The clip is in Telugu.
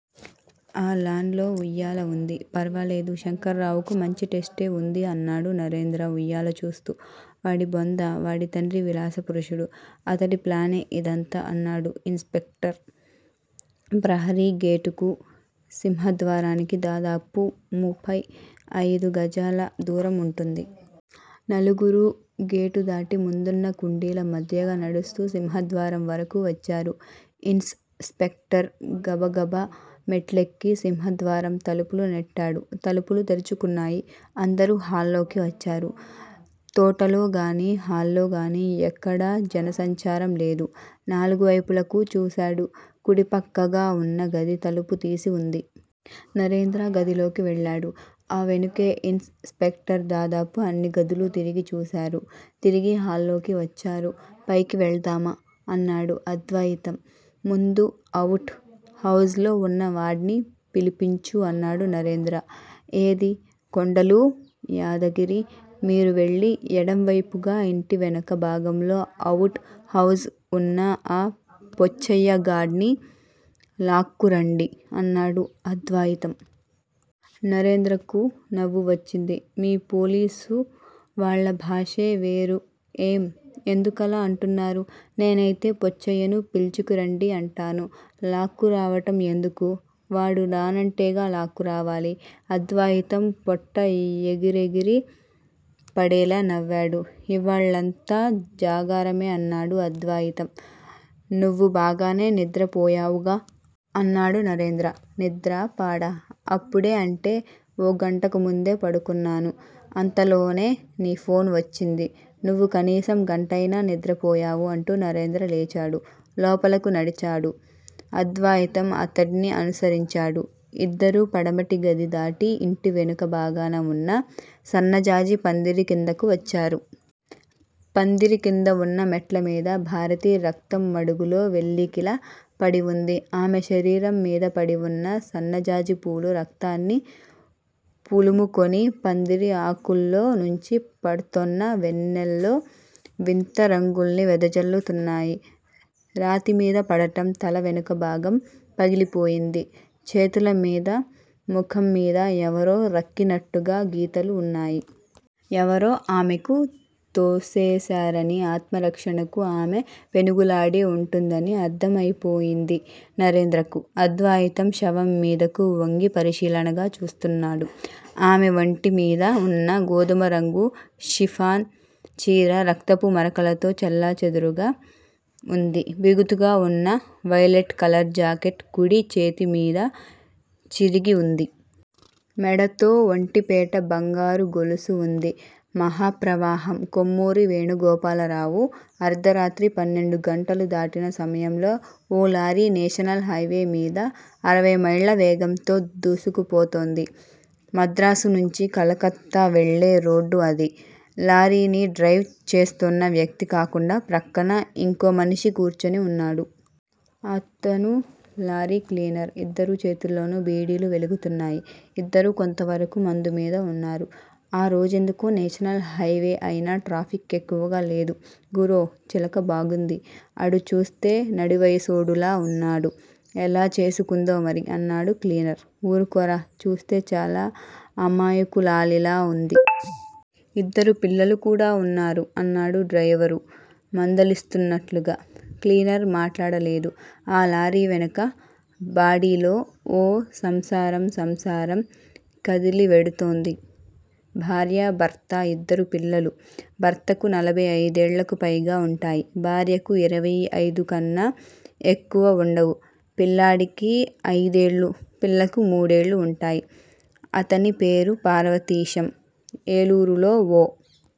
ఆ లాన్ లో ఉయ్యాల ఉంది. ఫర్వాలేదు. శంకర్రావుకు మంచి టేస్టే ఉంది అన్నాడు నరేంద్ర ఉయ్యాల చూస్తూ. వాడి బొంద. వాడి తండ్రి విలాస పురుషుడు. అతడి ప్లానే ఇదంతా అన్నాడు ఇన్స్ స్పెక్టర్. ప్రహరీ గేటుకూ, సింహద్వారానికి దాదాపు ముపై అయిదు గజాల దూరం ఉంటుంది. నలుగురూ గేటు దాటి ముందున్న కుండీల మధ్యగా నడుస్తూ సింహద్వారం వరకూ వచ్చారు. ఇన్స్ స్పెక్టర్ గబగబా మెట్లెక్కి సింహద్వారం తలుపులు నెట్టాడు. తలుపులు తెరుచుకున్నాయి. అందరూ హాల్లోకి వచ్చారు. తోటలో గానీ, హల్లోగానీ ఎక్కడా జనసంచారం లేదు. నాలుగు వైపులకూ చూశాడు. కుడి పక్కగా ఉన్న గది తలుపు తీసి ఉంది. నరేంద్ర గదిలోకి వెళ్ళాడు. ఆ వెనకే ఇన్స్ స్పెక్టర్ దాదాపు అన్ని గదులూ తిరిగి చూశారు. తిరిగి హాల్లోకి వచ్చారు. పైకి వెళ్దామా? అన్నాడు అద్వయితం. ముందు అవుట్ హౌస్ లో ఉన్న వాడ్ని పిలిపించు అన్నాడు నరేంద్ర. ఏది కొండలూ, యాదగిరి మీరు వెళ్ళి ఎడం వైపుగా ఇంటి వెనక భాగంలో అవుట్ హౌస్ ఉన్న ఆ పోచ్చయ్య గాడ్ని లాక్కురండీ అన్నాడు అద్వయితం. నరేంద్రకు నవ్వు వచ్చింది. మీ పోలీసు వాళ్ళ భాషే వేరు ఏం? ఎందుకలా అంటున్నారు? నేనైతే పోచ్చయ్యను పిల్చుకు రండి అంటాను. లాక్కురావడం ఎందుకూ? వాడు రానంటేగా లాక్కురావాలి. అద్వయితం పొట్ట ఎగిరెగిరి పడేలా నవ్వాడు. ఇవ్వాళంతా జాగారమే అన్నాడు అద్వయితం. నువ్వు బాగానే నిద్రపోయావుగా? అన్నాడు నరంద్ర. నిద్రా పాడా? అప్పుడే, అంటే ఓ గంటకు ముందే పడుకున్నాను. అంతలోనే నీ ఫోన్ వచ్చింది. నువ్వు కనీసం గంటయినా నిద్రపోయావు అంటూ నరేంద్ర లేచాడు. లోపలకు నడిచాడు. అద్వయితం అతడ్ని అనుసరించాడు. ఇద్దరూ పడమటి గది దాటి ఇంటి వెనక భాగాన ఉన్న సన్నజాజి పందిరి కిందకు వచ్చారు. పందిరి కింద ఉన్న మెట్లమీద భారతి రక్తం మడుగులో వెల్లికిలా పడి ఉంది. ఆమె శరీరం మీద పడి ఉన్న సన్నజాజిపూలు రక్తాన్ని పులుముకొని, పందిరి ఆకుల్లో నుంచి పడ్తోన్న వెన్నెల్లో వింత రంగుల్ను వెదజల్లుతున్నాయి. రాతిమీద పడటం తల వెనక భాగం పగిలిపోయింది. చేతుల మీదా, ముఖం మీదా ఎవరో రక్కినట్టుగా గీతలు ఉన్నాయి. ఎవరో ఆమెకు తోసేశారనీ, ఆత్మరక్షణకు ఆమె పెనుగులాడి ఉంటుందని అర్థం అయిపోయింది నరేంద్రకు. అద్వయితం శవం మీదకు వంగి పరిశీలనగా చూస్తున్నాడు. ఆమె వంటి మీద ఉన్నా గోధుమరంగు షిపాన్ చీర, రక్తపు మరకలతో చెల్లాచెదరుగా ఉంది. బిగుతుగా ఉన్నావైలెట్ కలర్ జాకెట్ కుడి చేతి మీద చిరిగి ఉంది. మెడతో ఒంటిపేట బంగారు గొలుసు ఉంది. మహాప్రవాహం -కొమ్మూరి వేణుగోపాలరావు అర్థరాత్రి పన్నెండు గంటలు దాటిన సమయంలో ఓ లారీ నేషనల్ హైవేమిద అరవైమైళ్ళ వేగంతో దూసుకుపోతోంది. మద్రాసు నుంచి కలకత్తా వెళ్ళే రోడ్డు అది. లారీనిడ్రైవ్ చేస్తోన్న వ్యక్తి కాకుండా ప్రక్కన ఇంకో మనిషి కూర్చుని ఉన్నాడు. అతను లారీ క్లీనర్. ఇద్దరి చేతుల్లోనూ బీడీలు వెలుగుతున్నాయి ఇద్దరూ కొంతవరకూ మందుమిద ఉన్నారు. ఆ రోజెందుకో నేషనల్ హైవే అయినా ట్రాఫిక్ ఎక్కువగా లేదు. గురో! చిలక బాగుంది. ఆడుచూ స్తే నడివయసోడులా ఉన్నాడు. ఎలా చేసుకుందో మరి. అన్నాడు క్లీనర్. ఊరుకోరా! చూస్తే చాలా అమాయకులాలిలా ఉంది. యిద్దరు పిల్లలుకూడా ఉన్నారు. అన్నాడు డ్రైవరు మందలిస్తూన్నట్లుగా. క్లీనర్ మాట్లాడలేదు. ఆ లారీ వెనుక బాడిలో ఓ సంసారం, సంసారం కదిలివెడుతోంది. భార్యా, భర్త, ఇద్దరు పిల్లలు. భర్తకు నలభై అయిదేళ్ళకు పైగా వుంటాయి. భార్యకు ఇరవై అయిదుకన్నాఎక్కువ ఉండవు. పిల్లాడికి అయిదేళ్ళు, పిల్లకు మూడేళ్ళు ఉంటాయి. అతని పేరుపార్వతీశం. ఏలూరులో ఓ